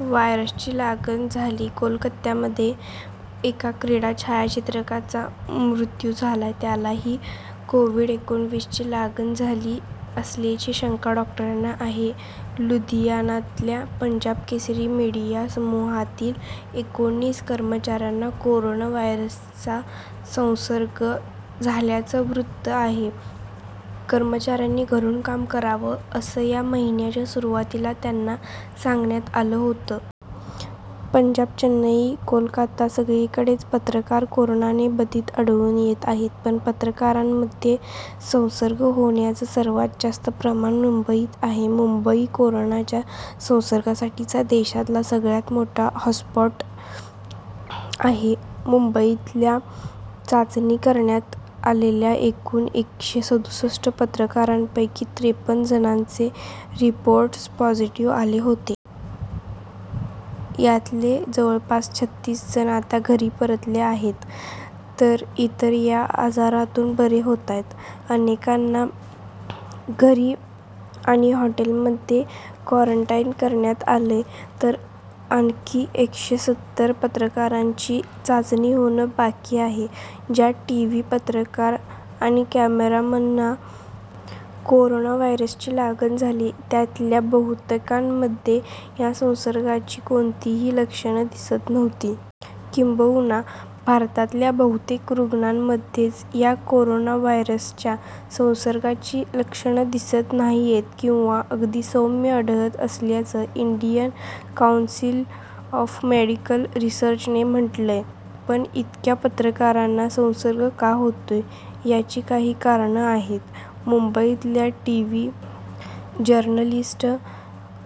व्हायरसची लागण झाली कोलकात्यामध्ये एका क्रीडा छायाचित्रकाराचा मृत्यू झालाय. त्यालाही कोव्हिड एकोणीसची लागण झाली असल्याची शंका डॉक्टरांना आहे. लुधियानातल्या पंजाब केसरी मीडिया समूहातील एकोणीस कर्मचाऱ्यांना कोरोना व्हायरसचा संसर्ग झाल्याचं वृत्त आहे. कर्मचाऱ्यांनी घरून काम करावं, असं या महिन्याच्या सुरुवातीला त्यांना सांगण्यात आलं होतं. पंजाब, चेन्नई, कोलकाता, सगळीकडचे पत्रकार कोरोनाने बाधित आढळून येत आहेत. पण पत्रकारांमध्ये संसर्ग होण्याचं सर्वात जास्त प्रमाण मुंबईत आहे. मुंबई कोरोनाच्या संसर्गासाठीचा देशातला सगळ्यात मोठा हॉटस्पॉटही आहे. मुंबईतल्या चाचणी करण्यात आलेल्या एकूण एकशे सदुसष्ट पत्रकारांपैकी त्रेपन्न जणांचे रिपोर्ट्स पॉझिटिव्ह आले होते. यातले जवळपास छत्तीस जण आता घरी परतले आहेत. तर इतर या आजारातून बरे होतायत. अनेकांना घरी आणि हॉटेलमध्ये क्वारंटाईन करण्यात आलंय, तर आणखी एकशे सत्तर पत्रकारांची चाचणी होणं बाकी आहे. ज्या टीव्ही पत्रकार आणि कॅमेरामनना कोरोना व्हायरसची लागण झाली, त्यातल्या बहुतेकांमध्ये या संसर्गाची कोणतीही लक्षणं दिसत नव्हती. किंबहुना भारतातल्या बहुतेक रुग्णांमध्येच या कोरोना व्हायरसच्या संसर्गाची लक्षणं दिसत नाहीयेत किंवा अगदी सौम्य आढळत असल्याचं इंडियन काऊन्सिल ऑफ मेडिकल रिसर्चने म्हटलंय. पण इतक्या पत्रकारांना संसर्ग का होतोय? याची काही कारणं आहेत, मुंबईतल्या टीव्ही जर्नलिस्ट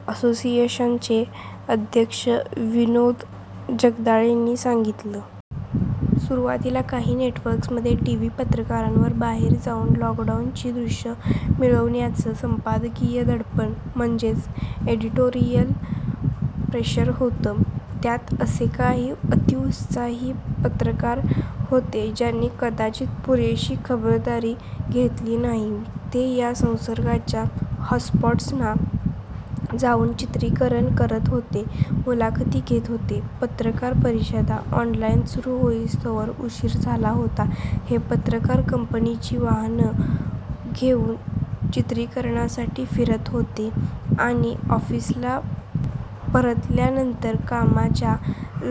असोसिएशनचे अध्यक्ष विनोद जगदाळेंनी सांगितलं. सुरुवातीला काही नेटवर्क्समध्ये टीव्ही पत्रकारांवर बाहेर जाऊन लॉकडाऊनची दृश्यं मिळवण्याचं संपादकीय दडपण म्हणजेच एडिटोरियल प्रेशर होतं. त्यात असे काही अतिउत्साही पत्रकार होते, ज्यांनी कदाचित पुरेशी खबरदारी घेतली नाही. ते या संसर्गाच्या हॉटस्पॉट्सना जाऊन चित्रीकरण करत होते, मुलाखती घेत होते, पत्रकार परिषदा ऑनलाईन सुरू होईस्तोवर उशीर झाला होता हे पत्रकार कंपनीची वाहनं घेऊन चित्रीकरणासाठी फिरत होते आणि ऑफिसला परतल्यानंतर कामाच्या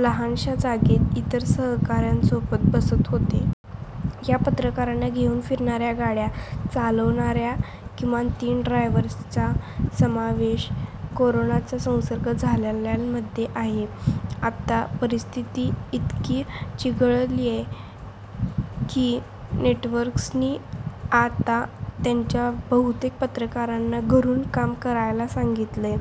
लहानशा जागेत इतर सहकाऱ्यांसोबत बसत होते. या पत्रकारांना घेऊन फिरणाऱ्या गाड्या चालवणाऱ्या किमान तीन ड्रायव्हर्सचा समावेश कोरोनाचा संसर्ग झालेल्यांमध्ये आहे. आता परिस्थिती इतकी चिघळळीय की, नेटवर्क्सनी आता त्यांच्या बहुतेक पत्रकारांना घरून काम करायला सांगितलंय.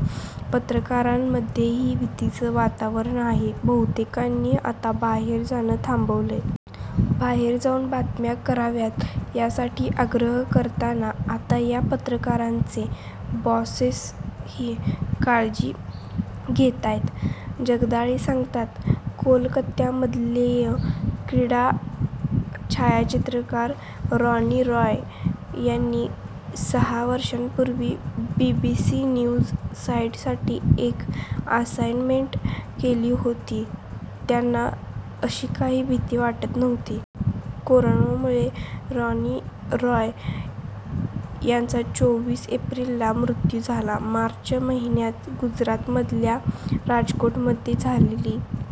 पत्रकारांमध्येही भीतीचं वातावरण आहे. बहुतेकांनी आता बाहेर जाणं थांबवलंय. बाहेर जाऊन बातम्या कराव्यात यासाठी आग्रह करताना आता या पत्रकारांचे बॉसेसही काळजी घेतायत, जगदाळे सांगतात. कोलकात्यामधलेय क्रीडा छायाचित्रकार रॉनी रॉय यांनी सहा वर्षांपूर्वी बीबीसी न्यूज साईटसाठी एक असाईनमेंट केली होती. त्यांना अशी काही भीती वाटत नव्हती. कोरोनामुळे रॉनी रॉय यांचा चोवीस एप्रिलला मृत्यू झाला. मार्च महिन्यात गुजरातमधल्या राजकोटमध्ये झालेली